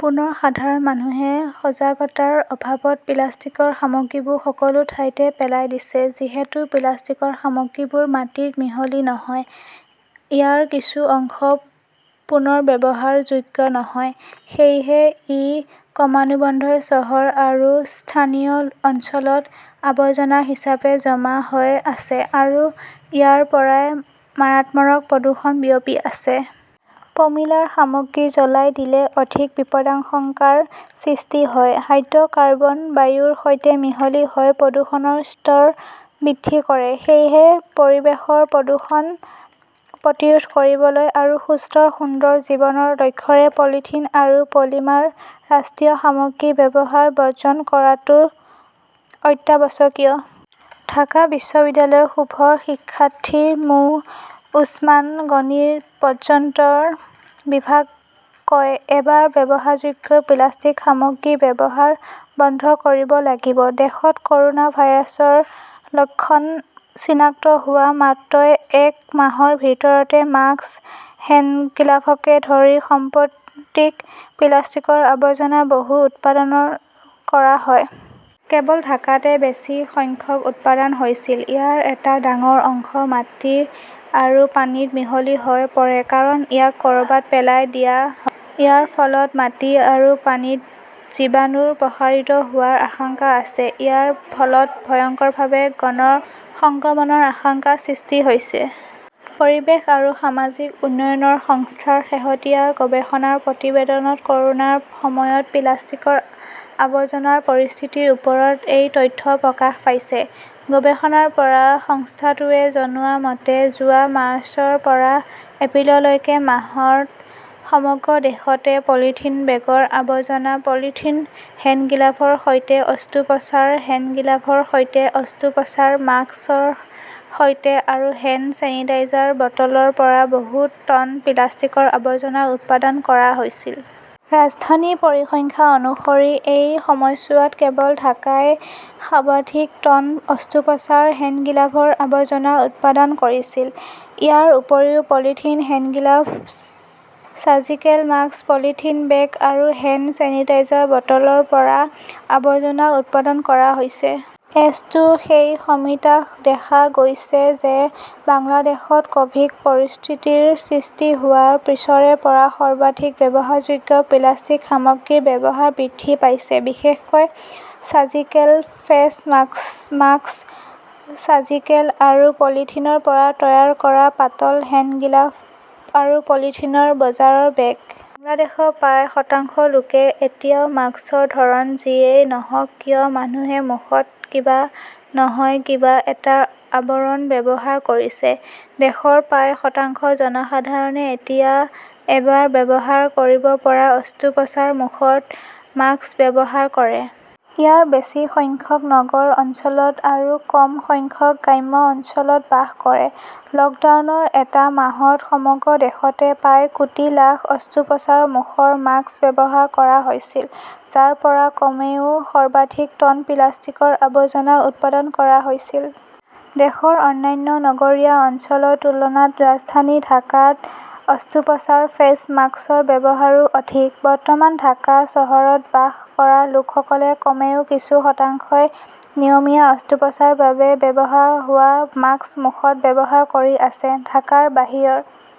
পুনৰ সাধাৰণ মানুহে সজাগতাৰ অভাৱত প্লাষ্টিকৰ সামগ্ৰীবোৰ সকলো ঠাইতে পেলাই দিছে। যিহেতু প্লাষ্টিকৰ সামগ্ৰীবোৰ মাটিত মিহলি নহয়, ইয়াৰ কিছু অংশ পুনৰ ব্যৱহাৰ যোগ্য নহয়, সেয়েহে ই ক্ৰমান্বয়ে চহৰ আৰু স্থানীয় অঞ্চলত আৱৰ্জনা হিচাপে জমা হৈ আছে আৰু ইয়াৰ পৰাই মাৰাত্মক প্ৰদূষণ বিয়পি আছে। পলিমাৰ সামগ্ৰী জ্বলাই দিলে অধিক বিপদাশংকাৰ সৃষ্টি হয়। হাইড্ৰ'কাৰ্বন বায়ুৰ সৈতে মিহলি হৈ প্ৰদূষণৰ স্তৰ বৃদ্ধি কৰে। সেয়েহে পৰিৱেশ প্ৰদূষণ প্ৰতিৰোধ কৰিবলৈ আৰু সুস্থ-সুন্দৰ জীৱনৰ লক্ষ্যৰে পলিথিন আৰু পলিমাৰ ৰাষ্ট্ৰীয় সামগ্ৰীৰ ব্যৱহাৰ বৰ্জন কৰাটো অত্যাৱশ্যকীয়। ঢাকা বিশ্ববিদ্যালয়ৰ শুভ শিক্ষাৰ্থী মো. ওছমান গনি ,পৰ্যটন বিভাগ কয় "এবাৰ ব্যৱহাৰযোগ্য প্লাষ্টিক সামগ্ৰীৰ ব্যৱহাৰ বন্ধ কৰিব লাগিব"। দেশত কৰ'না ভাইৰাছৰ লক্ষণ চিনাক্ত হোৱাৰ মাত্ৰই এক মাহৰ ভিতৰতে মাস্ক, হেণ্ডগ্লাভকে ধৰি সম্পৰ্কিত প্লাষ্টিকৰ আৱৰ্জনা বহুত উৎপাদন কৰা হৈছে। কেৱল ঢাকাতে বেছি সংখ্যক উৎপাদন হৈছিল। ইয়াৰ এটা ডাঙৰ অংশ মাটি আৰু পানীত মিহলি হৈ পৰে কাৰণ ইয়াক ক'ৰবাত পেলাই দিয়া হয়। ইয়াৰ ফলত মাটি আৰু পানীত জীৱাণু প্ৰসাৰিত হোৱাৰ আশংকা আছে। ইয়াৰ ফলত ভয়ংকৰভাৱে গণ সংক্ৰমণৰ আশংকাৰ সৃষ্টি হৈছে। পৰিৱেশ আৰু সামাজিক উন্নয়ন সংস্থাৰ শেহতীয়া গৱেষণা প্ৰতিবেদনত ক'ৰোনাৰ সময়ত প্লাষ্টিকৰ আৱৰ্জনাৰ পৰিস্থিতিৰ ওপৰত এই তথ্য প্ৰকাশ পাইছে। গৱেষণাৰ পৰা সংস্থাটোৱে জনোৱা মতে, যোৱা মাৰ্চৰ পৰা এপ্ৰিললৈকে মাহত সমগ্ৰ দেশতে পলিথিন বেগৰ আৱৰ্জনা, পলিথিন হেণ্ডগ্লাভৰ সৈতে, অস্ত্ৰোপচাৰৰ হেণ্ডগ্লাভৰ সৈতে, অস্ত্ৰোপচাৰৰ মাস্কৰ সৈতে আৰু হেণ্ড ছেনিটাইজাৰৰ বটলৰ পৰা বহুত টন প্লাষ্টিকৰ আৱৰ্জনা উৎপাদন কৰা হৈছিল। ৰাজধানীৰ পৰিসংখ্যা অনুসৰি, এই সময়ছোৱাত কেৱল ঢাকাই সৰ্বাধিক টন অস্ত্ৰোপচাৰৰ হেণ্ডগ্লাভৰ আৱৰ্জনা উৎপাদন কৰিছিল। ইয়াৰ উপৰিও polythene hand glove, surgical mask, polythene bag আৰু হেণ্ড ছেনিটাইজাৰৰ বটলৰ পৰা আৱৰ্জনা উৎপাদন কৰা হৈছে। এছডোৰ সেই সমীক্ষাত দেখা গৈছে যে বাংলাদেশত ক'ভিড পৰিস্থিতিৰ সৃষ্টি হোৱাৰ পিছৰে পৰা সৰ্বাধিক ব্যৱহাৰযোগ্য প্লাষ্টিক সামগ্ৰীৰ ব্যৱহাৰ বৃদ্ধি পাইছে বিশেষকৈ চাৰ্জিকেল ফেছ মাস্ক, চাৰ্জিকেল আৰু পলিথিনৰ পৰা তৈয়াৰ কৰা পাতল হেণ্ডগ্লাভ আৰু পলিথিনৰ বজাৰৰ বেগ। বাংলাদেশৰ প্ৰায় শতাংশ লোকে এতিয়া মাস্কৰ ধৰণ যিয়েই নহওক কিয়, মানুহে মুখত কিবা নহয় কিবা এটা আৱৰণ ব্যৱহাৰ কৰিছে। দেশৰ প্ৰায় শতাংশ জনসাধাৰণে এতিয়া এবাৰ ব্যৱহাৰ কৰিব পৰা অস্ত্ৰোপচাৰৰ মুখত মাস্ক ব্যৱহাৰ কৰে। ইয়াৰ বেছি সংখ্যক নগৰ অঞ্চলত আৰু কম সংখ্যক গ্ৰাম্য অঞ্চলত বাস কৰে। লকডাউনৰ এটা মাহত সমগ্ৰ দেশতে প্ৰায় কোটি লাখ অস্ত্ৰোপচাৰৰ মুখৰ মাস্ক ব্যৱহাৰ কৰা হৈছিল, যাৰ পৰা কমেও সৰ্বাধিক টন প্লাষ্টিকৰ আৱৰ্জনা উৎপাদন কৰা হৈছিল। দেশৰ অন্যান্য নগৰীয়া অঞ্চলৰ তুলনাত ৰাজধানী ঢাকাত অস্ত্ৰোপচাৰৰ ফেইচ মাস্কৰ ব্যৱহাৰো অধিক। বৰ্তমান ঢাকা চহৰত বাস কৰা লোকসকলৰ কমেও কিছু শতাংশই নিয়মীয়া অস্ত্ৰোপচাৰৰ বাবে ব্যৱহাৰ হোৱা মাস্ক মুখত ব্যৱহাৰ কৰি আছে। ঢাকাৰ বাহিৰৰ